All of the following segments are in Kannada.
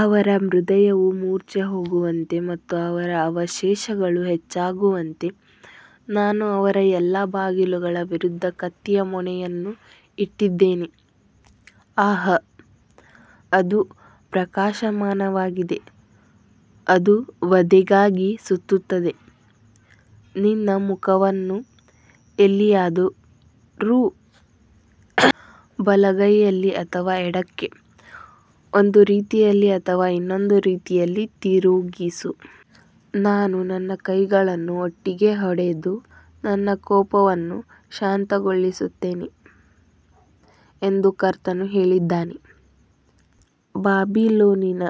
ಅವರ ಹೃದಯವು ಮೂರ್ಛೆಹೋಗುವಂತೆ ಮತ್ತು ಅವರ ಅವಶೇಷಗಳು ಹೆಚ್ಚಾಗುವಂತೆ ನಾನು ಅವರ ಎಲ್ಲಾ ಬಾಗಿಲುಗಳ ವಿರುದ್ಧ ಕತ್ತಿಯ ಮೊನೆಯನ್ನು ಇಟ್ಟಿದ್ದೇನೆ. ಆಹ್, ಅದು ಪ್ರಕಾಶಮಾನವಾಗಿದೆ, ಅದು ವಧೆಗಾಗಿ ಸುತ್ತುತ್ತದೆ. ನಿನ್ನ ಮುಖವನ್ನು ಎಲ್ಲಿಯಾದರೂ ಬಲಗೈಯಲ್ಲಿ ಅಥವಾ ಎಡಕ್ಕೆ, ಒಂದು ರೀತಿಯಲ್ಲಿ ಅಥವಾ ಇನ್ನೊಂದು ರೀತಿಯಲ್ಲಿ ತಿರುಗಿಸು. ನಾನು ನನ್ನ ಕೈಗಳನ್ನು ಒಟ್ಟಿಗೆ ಹೊಡೆದು ನನ್ನ ಕೋಪವನ್ನು ಶಾಂತಗೊಳಿಸುತ್ತೇನೆ ಎಂದು ಕರ್ತನು ಹೇಳಿದ್ದಾನೆ. ಬಾಬಿಲೋನಿನ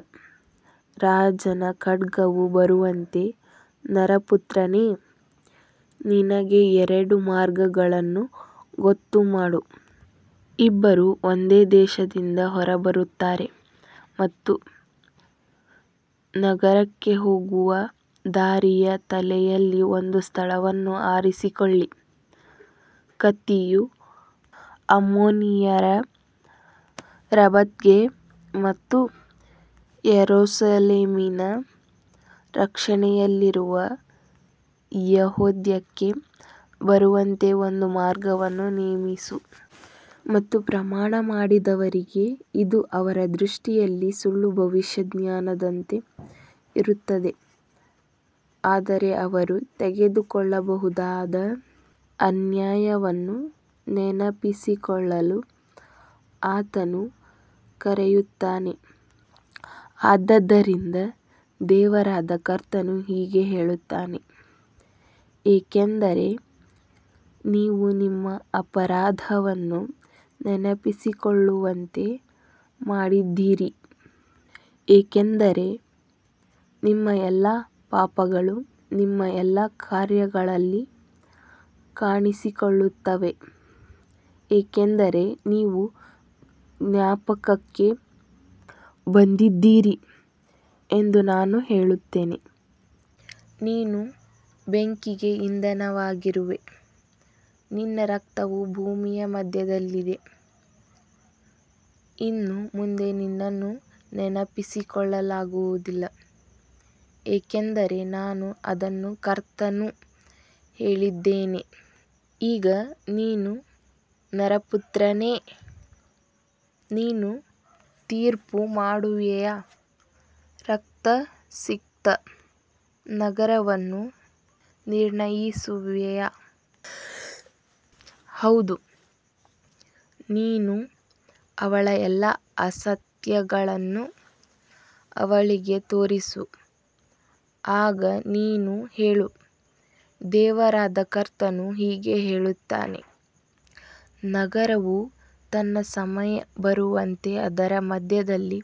ರಾಜನ ಖಡ್ಗವು ಬರುವಂತೆ ನರಪುತ್ರನೇ, ನಿನಗೆ ಎರಡು ಮಾರ್ಗಗಳನ್ನು ಗೊತ್ತುಮಾಡು. ಇಬ್ಬರೂ ಒಂದೇ ದೇಶದಿಂದ ಹೊರಬರುತ್ತಾರೆ ಮತ್ತು ನಗರಕ್ಕೆ ಹೋಗುವ ದಾರಿಯ ತಲೆಯಲ್ಲಿ ಒಂದು ಸ್ಥಳವನ್ನು ಆರಿಸಿಕೊಳ್ಳಿ. ಕತ್ತಿಯು ಅಮ್ಮೋನಿಯರ ರಬ್ಬತ್ಗೆ ಮತ್ತು ಯೆರೂಸಲೇಮಿನ ರಕ್ಷಣೆಯಲ್ಲಿರುವ ಯೆಹೂದಕ್ಕೆ ಬರುವಂತೆ ಒಂದು ಮಾರ್ಗವನ್ನು ನೇಮಿಸು. ಮತ್ತು ಪ್ರಮಾಣ ಮಾಡಿದವರಿಗೆ ಇದು ಅವರ ದೃಷ್ಟಿಯಲ್ಲಿ ಸುಳ್ಳು ಭವಿಷ್ಯಜ್ಞಾನದಂತೆ ಇರುತ್ತದೆ, ಆದರೆ ಅವರು ತೆಗೆದುಕೊಳ್ಳಬಹುದಾದ ಅನ್ಯಾಯವನ್ನು ನೆನಪಿಸಿಕೊಳ್ಳಲು ಆತನು ಕರೆಯುತ್ತಾನೆ. ಆದದರಿಂದ ದೇವರಾದ ಕರ್ತನು ಹೀಗೆ ಹೇಳುತ್ತಾನೆ, ಏಕೆಂದರೆ ನೀವು ನಿಮ್ಮ ಅಪರಾಧವನ್ನು ನೆನಪಿಸಿಕೊಳ್ಳುವಂತೆ ಮಾಡಿದ್ದೀರಿ, ಏಕೆಂದರೆ ನಿಮ್ಮ ಎಲ್ಲಾ ಪಾಪಗಳು ನಿಮ್ಮ ಎಲ್ಲಾ ಕಾರ್ಯಗಳಲ್ಲಿ ಕಾಣಿಸಿಕೊಳ್ಳುತ್ತವೆ, ಏಕೆಂದರೆ ನೀವು ಜ್ಞಾಪಕಕ್ಕೆ ಬಂದಿದ್ದೀರಿ ಎಂದು ನಾನು ಹೇಳುತ್ತೇನೆ. ನೀನು ಬೆಂಕಿಗೆ ಇಂಧನವಾಗಿರುವೆ, ನಿನ್ನ ರಕ್ತವು ಭೂಮಿಯ ಮಧ್ಯದಲ್ಲಿದೆ, ಇನ್ನು ಮುಂದೆ ನಿನ್ನನ್ನು ನೆನಪಿಸಿಕೊಳ್ಳಲಾಗುವುದಿಲ್ಲ, ಏಕೆಂದರೆ ನಾನು ಅದನ್ನು ಕರ್ತನು ಹೇಳಿದ್ದೇನೆ. ಈಗ ನೀನು ನರಪುತ್ರನೇ, ನೀನು ತೀರ್ಪುಮಾಡುವಿಯಾ, ರಕ್ತಸಿಕ್ತ ನಗರವನ್ನು ನಿರ್ಣಯಿಸುವಿಯಾ? ಹೌದು, ನೀನು ಅವಳ ಎಲ್ಲಾ ಅಸತ್ಯಗಳನ್ನು ಅವಳಿಗೆ ತೋರಿಸು. ಆಗ ನೀನು ಹೇಳು, ದೇವರಾದ ಕರ್ತನು ಹೀಗೆ ಹೇಳುತ್ತಾನೆ, ನಗರವು ತನ್ನ ಸಮಯ ಬರುವಂತೆ ಅದರ ಮಧ್ಯದಲ್ಲಿ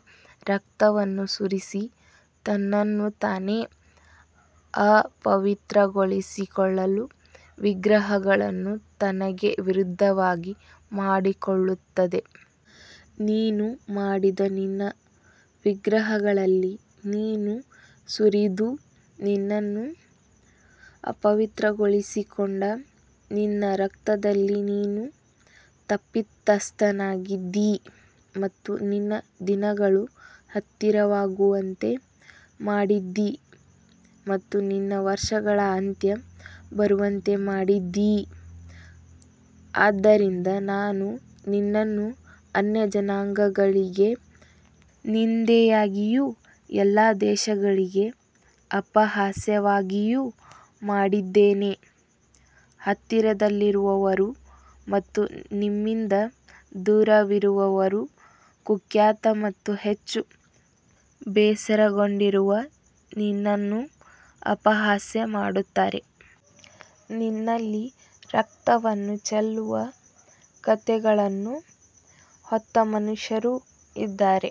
ರಕ್ತವನ್ನು ಸುರಿಸಿ ತನ್ನನ್ನು ತಾನೇ ಅಪವಿತ್ರಗೊಳಿಸಿಕೊಳ್ಳಲು ವಿಗ್ರಹಗಳನ್ನು ತನಗೆ ವಿರುದ್ಧವಾಗಿ ಮಾಡಿಕೊಳ್ಳುತ್ತದೆ. ನೀನು ಮಾಡಿದ ನಿನ್ನ ವಿಗ್ರಹಗಳಲ್ಲಿ ನೀನು ಸುರಿದು ನಿನ್ನನ್ನು ಅಪವಿತ್ರಗೊಳಿಸಿಕೊಂಡ ನಿನ್ನ ರಕ್ತದಲ್ಲಿ ನೀನು ತಪ್ಪಿತಸ್ಥನಾಗಿದ್ದೀ ಮತ್ತು ನಿನ್ನ ದಿನಗಳು ಹತ್ತಿರವಾಗುವಂತೆ ಮಾಡಿದ್ದೀ ಮತ್ತು ನಿನ್ನ ವರ್ಷಗಳ ಅಂತ್ಯ ಬರುವಂತೆ ಮಾಡಿದ್ದೀ. ಆದ್ದರಿಂದ ನಾನು ನಿನ್ನನ್ನು ಅನ್ಯಜನಾಂಗಗಳಿಗೆ ನಿಂದೆಯಾಗಿಯೂ ಎಲ್ಲಾ ದೇಶಗಳಿಗೆ ಅಪಹಾಸ್ಯವಾಗಿಯೂ ಮಾಡಿದ್ದೇನೆ. ಹತ್ತಿರದಲ್ಲಿರುವವರು ಮತ್ತು ನಿಮ್ಮಿಂದ ದೂರವಿರುವವರು ಕುಖ್ಯಾತ ಮತ್ತು ಹೆಚ್ಚು ಬೇಸರಗೊಂಡಿರುವ ನಿನ್ನನ್ನು ಅಪಹಾಸ್ಯ ಮಾಡುತ್ತಾರೆ. ನಿನ್ನಲ್ಲಿ ರಕ್ತವನ್ನು ಚೆಲ್ಲುವ ಕಥೆಗಳನ್ನು ಹೊತ್ತ ಮನುಷ್ಯರು ಇದ್ದಾರೆ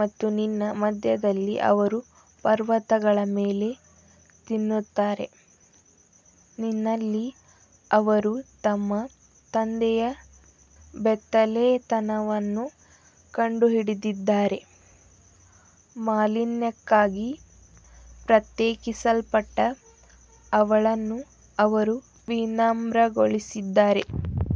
ಮತ್ತು ನಿನ್ನ ಮಧ್ಯದಲ್ಲಿ ಅವರು ಪರ್ವತಗಳ ಮೇಲೆ ತಿನ್ನುತ್ತಾರೆ. ನಿನ್ನಲ್ಲಿ ಅವರು ತಮ್ಮ ತಂದೆಯ ಬೆತ್ತಲೆತನವನ್ನು ಕಂಡುಹಿಡಿದಿದ್ದಾರೆ, ಮಾಲಿನ್ಯಕ್ಕಾಗಿ ಪ್ರತ್ಯೇಕಿಸಲ್ಪಟ್ಟ ಅವಳನ್ನು ಅವರು ವಿನಮ್ರಗೊಳಿಸಿದ್ದಾರೆ.